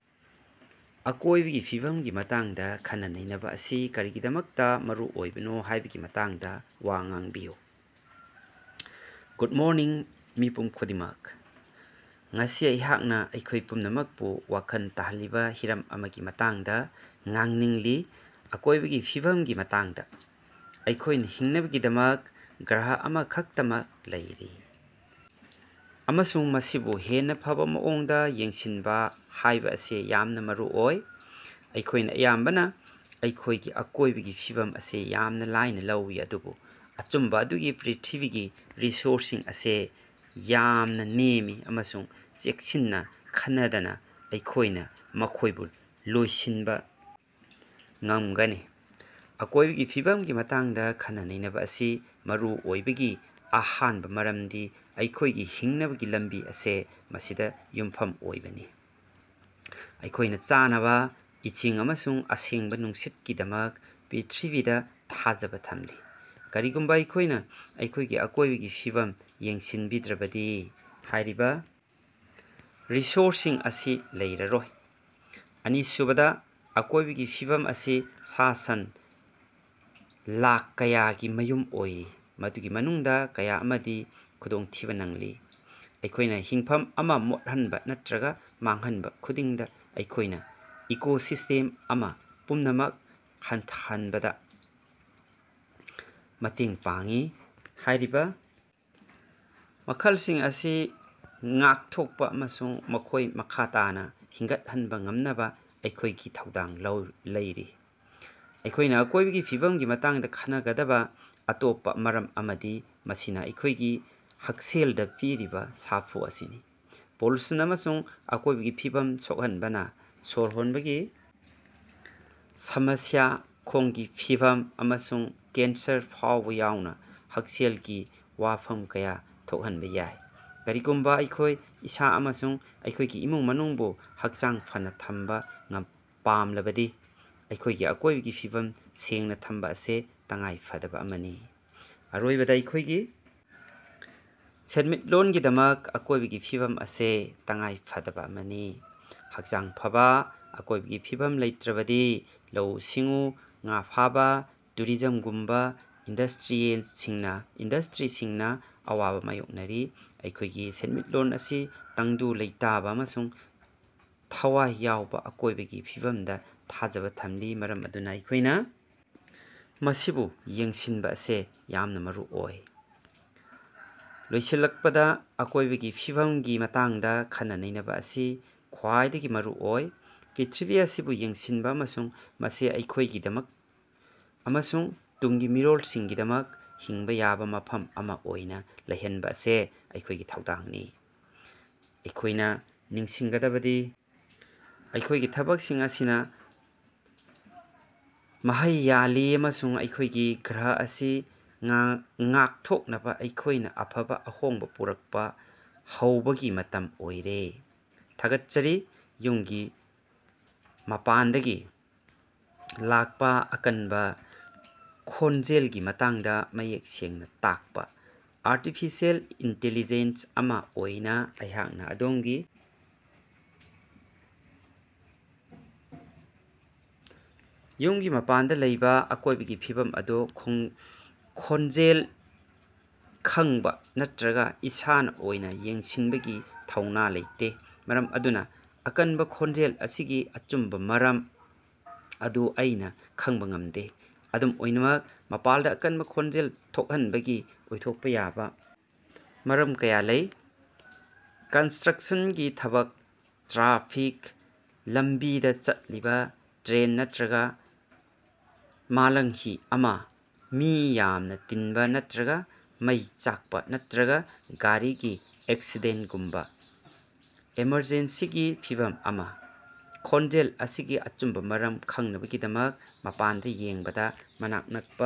ꯑꯀꯣꯢꯕꯒꯤ ꯐꯤꯕꯝꯒꯤ ꯃꯇꯥꯡꯗ ꯈꯟꯅ-ꯅꯩꯅꯕ ꯑꯁꯤ ꯀꯔꯤꯒꯤꯗꯃꯛꯇ ꯃꯔꯨꯑꯣꯏꯕꯅꯣ ꯍꯥꯢꯕꯒꯤ ꯃꯇꯥꯡꯗ ꯋꯥ ꯉꯥꯡꯕꯤꯌꯨ꯫ ꯒꯨꯗ ꯃꯣꯔꯅꯤꯡ ꯃꯤꯄꯨꯝ ꯈꯨꯗꯤꯡꯃꯛ꯫ ꯉꯁꯤ ꯑꯩꯍꯥꯛꯅꯥ ꯑꯩꯈꯣꯢ ꯄꯨꯝꯅꯃꯛꯄꯨ ꯋꯥꯈꯜ ꯇꯥꯍꯜꯂꯤꯕ ꯍꯤꯔꯝ ꯑꯃꯒꯤ ꯃꯇꯥꯡꯗ ꯉꯥꯡꯅꯤꯡꯂꯤ ꯑꯀꯣꯢꯕꯒꯤ ꯐꯤꯕꯝꯒꯤ ꯃꯇꯥꯡꯗ꯫ ꯑꯩꯈꯣꯢꯅ ꯍꯤꯡꯅꯕꯒꯤꯗꯃꯛ ꯒ꯭ꯔꯍ ꯑꯃꯈꯛꯇꯃꯛ ꯂꯩꯔꯤ ꯑꯃꯁꯨꯡ ꯃꯁꯤꯕꯨ ꯍꯦꯟꯅ ꯐꯕ ꯃꯑꯣꯡꯗ ꯌꯦꯡꯁꯤꯟꯕ ꯍꯥꯏꯕ ꯑꯁꯤ ꯌꯥꯝꯅ ꯃꯔꯨꯑꯣꯏ꯫ ꯑꯩꯈꯣꯢꯅ ꯑꯌꯥꯝꯕꯅ ꯑꯩꯈꯣꯢꯒꯤ ꯑꯀꯣꯢꯕꯒꯤ ꯐꯤꯕꯝ ꯑꯁꯤ ꯌꯥꯝꯅ ꯂꯥꯏꯅ ꯂꯧꯏ ꯑꯗꯨꯕꯨ ꯑꯆꯨꯝꯕ ꯑꯗꯨꯗꯤ ꯄ꯭ꯔꯤꯊꯤꯕꯤꯒꯤ ꯔꯤꯁꯣꯔꯁꯁꯤꯡ ꯑꯁꯤ ꯌꯥꯝꯅ ꯅꯦꯝꯃꯤ ꯑꯃꯁꯨꯡ ꯆꯦꯛꯁꯤꯟꯅ ꯈꯟꯅꯗꯅ ꯑꯩꯈꯣꯢꯅ ꯃꯈꯣꯢꯕꯨ ꯂꯣꯏꯁꯤꯟꯕ ꯉꯝꯒꯅꯤ꯫ ꯑꯀꯣꯢꯕꯒꯤ ꯐꯤꯕꯝꯒꯤ ꯃꯇꯥꯡꯗ ꯈꯟꯅ-ꯅꯩꯅꯕ ꯑꯁꯤ ꯃꯔꯨ ꯑꯣꯏꯕꯒꯤ ꯑꯍꯥꯟꯕ ꯃꯔꯝꯗꯤ ꯑꯩꯈꯣꯢꯒꯤ ꯍꯤꯡꯅꯕꯒꯤ ꯂꯝꯕꯤ ꯑꯁꯤ ꯃꯁꯤꯗ ꯌꯨꯝꯐꯝ ꯑꯣꯏꯕꯅꯤ꯫ ꯑꯩꯈꯣꯢꯅ ꯆꯥꯅꯕ, ꯏꯁꯤꯡ ꯑꯃꯁꯨꯡ ꯑꯁꯦꯡꯕ ꯅꯨꯡꯁꯤꯠꯀꯤꯗꯃꯛ ꯄ꯭ꯔꯤꯊꯤꯕꯤꯗ ꯊꯥꯖꯕ ꯊꯝꯂꯤ꯫ ꯀꯔꯤꯒꯨꯝꯕ ꯑꯩꯈꯣꯢꯅ ꯑꯩꯈꯣꯢꯒꯤ ꯑꯀꯣꯢꯕꯒꯤ ꯐꯤꯕꯝ ꯌꯦꯡꯁꯤꯟꯕꯤꯗ꯭ꯔꯕꯗꯤ ꯍꯥꯢꯔꯤꯕ ꯔꯤꯁꯣꯔꯁꯁꯤꯡ ꯑꯁꯤ ꯂꯩꯔꯔꯣꯏ꯫ ꯑꯅꯤꯁꯨꯕꯗ ꯑꯀꯣꯢꯕꯒꯤ ꯐꯤꯕꯝ ꯑꯁꯤ ꯁꯥ-ꯁꯟ ꯂꯥꯈ ꯀꯌꯥꯒꯤ ꯃꯌꯨꯝ ꯑꯣꯏꯔꯤ ꯃꯗꯨꯒꯤ ꯃꯅꯨꯡꯗ ꯀꯌꯥ ꯑꯃꯗꯤ ꯈꯨꯗꯣꯡꯊꯤꯕꯥ ꯅꯪꯂꯤ꯫ ꯑꯩꯈꯣꯢꯅ ꯍꯤꯡꯐꯝ ꯑꯃ ꯃꯣꯠꯍꯟꯕ ꯅꯠꯇ꯭ꯔꯒ ꯃꯥꯡꯍꯟꯕ ꯈꯨꯗꯤꯡꯗ ꯑꯩꯈꯣꯢꯅ ꯏꯀꯣꯁꯤꯁꯇꯦꯝ ꯑꯃ ꯄꯨꯝꯅꯃꯛ ꯍꯟꯊꯍꯟꯕꯗ ꯃꯇꯦꯡ ꯄꯥꯡꯏ꯫ ꯍꯥꯢꯔꯤꯕ ꯃꯈꯜꯁꯤꯡ ꯑꯁꯤ ꯉꯥꯛꯊꯣꯛꯄ ꯑꯃꯁꯨꯡ ꯃꯈꯣꯢ ꯃꯈꯥ ꯇꯥꯅ ꯍꯤꯡꯒꯠꯍꯟꯕ ꯉꯝꯅꯕ ꯑꯩꯈꯣꯢꯒꯤ ꯊꯧꯗꯥꯡ ꯂꯩꯔꯤ꯫ ꯑꯩꯈꯣꯢꯅ ꯑꯀꯣꯢꯕꯒꯤ ꯐꯤꯕꯝꯒꯤ ꯃꯇꯥꯡꯗ ꯈꯟꯅꯒꯗꯕ ꯑꯇꯣꯞꯄ ꯃꯔꯝ ꯑꯃꯗꯤ ꯃꯁꯤꯅ ꯑꯩꯈꯣꯢꯒꯤ ꯍꯛꯁꯦꯜꯗ ꯄꯤꯔꯤꯕ ꯁꯥꯐꯨ ꯑꯁꯤꯅꯤ꯫ ꯄꯣꯂꯨꯁꯟ ꯑꯃꯁꯨꯡ ꯑꯀꯣꯢꯕꯒꯤ ꯐꯤꯕꯝ ꯁꯣꯛꯍꯟꯕꯅ ꯁꯣꯔ ꯍꯣꯟꯕꯒꯤ ꯁꯃꯁ꯭ꯌꯥ, ꯈꯣꯡꯒꯤ ꯐꯤꯚꯝ ꯑꯃꯁꯨꯡ ꯀꯦꯟꯁꯔ ꯐꯥꯎꯕꯥ ꯌꯥꯎꯅ ꯍꯛꯁꯦꯜꯒꯤ ꯋꯥꯐꯝ ꯀꯌꯥ ꯊꯣꯛꯍꯟꯕ ꯌꯥꯏ꯫ ꯀꯔꯤꯒꯨꯝꯕ ꯑꯩꯈꯣꯢ ꯏꯁꯥ ꯑꯃꯁꯨꯡ ꯑꯩꯈꯣꯢꯒꯤ ꯏꯃꯨꯡ ꯃꯅꯨꯡꯕꯨ ꯍꯛꯆꯥꯡ ꯐꯅꯥ ꯊꯝꯕ ꯄꯥꯝꯂꯕꯗꯤ ꯑꯩꯈꯣꯢꯒꯤ ꯑꯀꯣꯢꯕꯒꯤ ꯐꯤꯕꯝ ꯁꯦꯡꯅ ꯊꯝꯕ ꯑꯁꯤ ꯇꯉꯥꯏꯐꯗꯕ ꯑꯃꯅꯤ꯫ ꯑꯔꯣꯏꯕꯗꯥ ꯑꯩꯈꯣꯢꯒꯤ ꯁꯦꯟꯃꯤꯠꯂꯣꯟꯒꯤꯗꯃꯛ ꯑꯀꯣꯢꯕꯒꯤ ꯐꯤꯕꯝ ꯑꯁꯤ ꯇꯉꯥꯏꯐꯗꯕ ꯑꯃꯅꯤ꯫ ꯍꯛꯆꯥꯡ ꯐꯕ ꯑꯀꯣꯢꯕꯒꯤ ꯐꯤꯕꯝ ꯂꯩꯇ꯭ꯔꯕꯗꯤ ꯂꯧꯎ-ꯁꯤꯡꯎ, ꯉꯥ ꯐꯥꯕꯥ, ꯇꯨꯔꯤꯖꯝꯒꯨꯝꯕ ꯏꯟꯗꯁꯇ꯭ꯔꯤꯁꯤꯡꯅ ꯑꯋꯥꯕꯥ ꯃꯥꯌꯣꯛꯅꯔꯤ꯫ ꯑꯩꯈꯣꯢꯒꯤ ꯁꯦꯟꯃꯤꯠꯂꯣꯟ ꯑꯁꯤ ꯇꯪꯗꯨ ꯂꯩꯇꯥꯕ ꯑꯃꯁꯨꯡ ꯊꯋꯥꯏ ꯌꯥꯎꯕ ꯑꯀꯣꯢꯕꯒꯤ ꯐꯤꯕꯝꯗ ꯊꯥꯖꯕ ꯊꯝꯂꯤ ꯃꯔꯝ ꯑꯗꯨꯅ ꯑꯩꯈꯣꯢꯅ ꯃꯁꯤꯕꯨ ꯌꯦꯡꯁꯤꯟꯕꯥ ꯑꯁꯤ ꯌꯥꯝꯅ ꯃꯔꯨꯑꯣꯏ꯫ ꯂꯣꯏꯁꯤꯜꯂꯛꯄꯗ ꯑꯀꯣꯢꯕꯒꯤ ꯐꯤꯕꯝꯒꯤ ꯃꯇꯥꯡꯗ ꯈꯟꯅ-ꯅꯩꯅꯕ ꯑꯁꯤ ꯈ꯭ꯋꯥꯏꯗꯒꯤ ꯃꯔꯨꯑꯣꯏ꯫ ꯄ꯭ꯔꯤꯊꯤꯕꯤ ꯑꯁꯤꯕꯨ ꯌꯦꯡꯁꯤꯟꯕ ꯑꯃꯁꯨꯡ ꯃꯁꯤ ꯑꯩꯈꯣꯢꯒꯤꯗꯃꯛ ꯑꯃꯁꯨꯡ ꯇꯨꯡꯒꯤ ꯃꯤꯔꯣꯜꯁꯤꯡꯒꯤꯗꯃꯛ ꯍꯤꯡꯕ ꯌꯥꯕ ꯃꯐꯝ ꯑꯃ ꯑꯣꯏꯅ ꯂꯩꯍꯟꯕ ꯑꯁꯤ ꯑꯩꯈꯣꯢꯒꯤ ꯊꯧꯗꯥꯡꯅꯤ꯫ ꯑꯩꯈꯣꯌꯅꯥ ꯅꯤꯡꯁꯤꯡꯒꯗꯕꯗꯤ ꯑꯩꯈꯣꯢꯒꯤ ꯊꯕꯛꯁꯤꯡ ꯑꯁꯤꯅ ꯃꯍꯩ ꯌꯥꯜꯂꯤ ꯑꯃꯁꯨꯡ ꯑꯩꯈꯣꯢꯒꯤ ꯒ꯭ꯔꯍ ꯑꯁꯤ ꯉꯥꯛꯊꯣꯛꯅꯕ ꯑꯩꯈꯣꯢꯅ ꯑꯐꯕ ꯑꯍꯣꯡꯕ ꯄꯨꯔꯛꯄ ꯍꯧꯕꯒꯤ ꯃꯇꯝ ꯑꯣꯏꯔꯦ꯫ ꯊꯥꯒꯠꯆꯔꯤ꯫ ꯌꯨꯝꯒꯤ ꯃꯄꯥꯟꯗꯒꯤ ꯂꯥꯛꯄ ꯑꯀꯟꯕ ꯈꯣꯟꯖꯦꯜꯒꯤ ꯃꯇꯥꯡꯗ ꯃꯌꯦꯛ ꯁꯦꯡꯅꯥ ꯇꯥꯛꯄꯥ꯫ ꯑꯥꯔꯇꯤꯐꯤꯁꯤꯑꯦꯜ ꯏꯟꯇꯤꯂꯤꯖꯦꯟ ꯑꯃ ꯑꯣꯏꯅ ꯑꯩꯍꯥꯛꯅ ꯑꯗꯣꯝꯒꯤ ꯌꯨꯝꯒꯤ ꯃꯄꯥꯟꯗ ꯂꯩꯕꯥ ꯑꯀꯣꯢꯕꯒꯤ ꯐꯤꯕꯝ ꯑꯗꯨ ꯈꯣꯟꯖꯦꯜ ꯈꯡꯕ ꯅꯠꯇ꯭ꯔꯒ ꯏꯁꯥꯅ ꯑꯣꯏꯅ ꯌꯦꯡꯁꯤꯟꯕꯒꯤ ꯊꯧꯅꯥ ꯂꯩꯇꯦ꯫ ꯃꯔꯝ ꯑꯗꯨꯅ ꯑꯀꯟꯕ ꯈꯣꯟꯖꯦꯜ ꯑꯁꯤꯒꯤ ꯑꯆꯨꯝꯕ ꯃꯔꯝ ꯑꯗꯨ ꯑꯩꯅ ꯈꯪꯕꯥ ꯉꯝꯗꯦ꯫ ꯑꯗꯨꯝ ꯑꯣꯏꯅꯃꯛ ꯃꯄꯥꯟꯗ ꯑꯀꯟꯕ ꯈꯣꯟꯖꯦꯜ ꯊꯣꯛꯍꯟꯕꯒꯤ ꯑꯣꯏꯊꯣꯛꯄ ꯌꯥꯕ ꯃꯔꯝ ꯀꯌꯥ ꯂꯩ: ꯀꯟꯁꯇ꯭ꯔꯛꯁꯟꯒꯤ ꯊꯕꯛ, ꯇ꯭ꯔꯥꯐꯤꯛ, ꯂꯝꯕꯤꯗ ꯆꯠꯂꯤꯕ ꯇ꯭ꯔꯦꯟ ꯅꯠꯇ꯭ꯔꯒ ꯃꯥꯂꯪꯍꯤ ꯑꯃ, ꯃꯤ ꯌꯥꯝꯅ ꯇꯤꯟꯕ ꯅꯠꯇ꯭ꯔꯒ ꯃꯩ ꯆꯥꯛꯄ ꯅꯠꯇ꯭ꯔꯒ ꯒꯥꯔꯤꯒꯤ ꯑꯦꯛꯁꯤꯗꯦꯟꯇꯒꯨꯝꯕ ꯑꯦꯃꯔꯖꯦꯟꯁꯤꯒꯤ ꯐꯤꯚꯝ ꯑꯃ꯫ ꯈꯣꯟꯖꯦꯜ ꯑꯁꯤꯒꯤ ꯑꯆꯨꯝꯕ ꯃꯔꯝ ꯈꯡꯅꯕꯒꯤꯗꯃꯛ ꯃꯄꯥꯟꯗ ꯌꯦꯡꯕꯗ ꯃꯅꯥꯛ ꯅꯛꯄ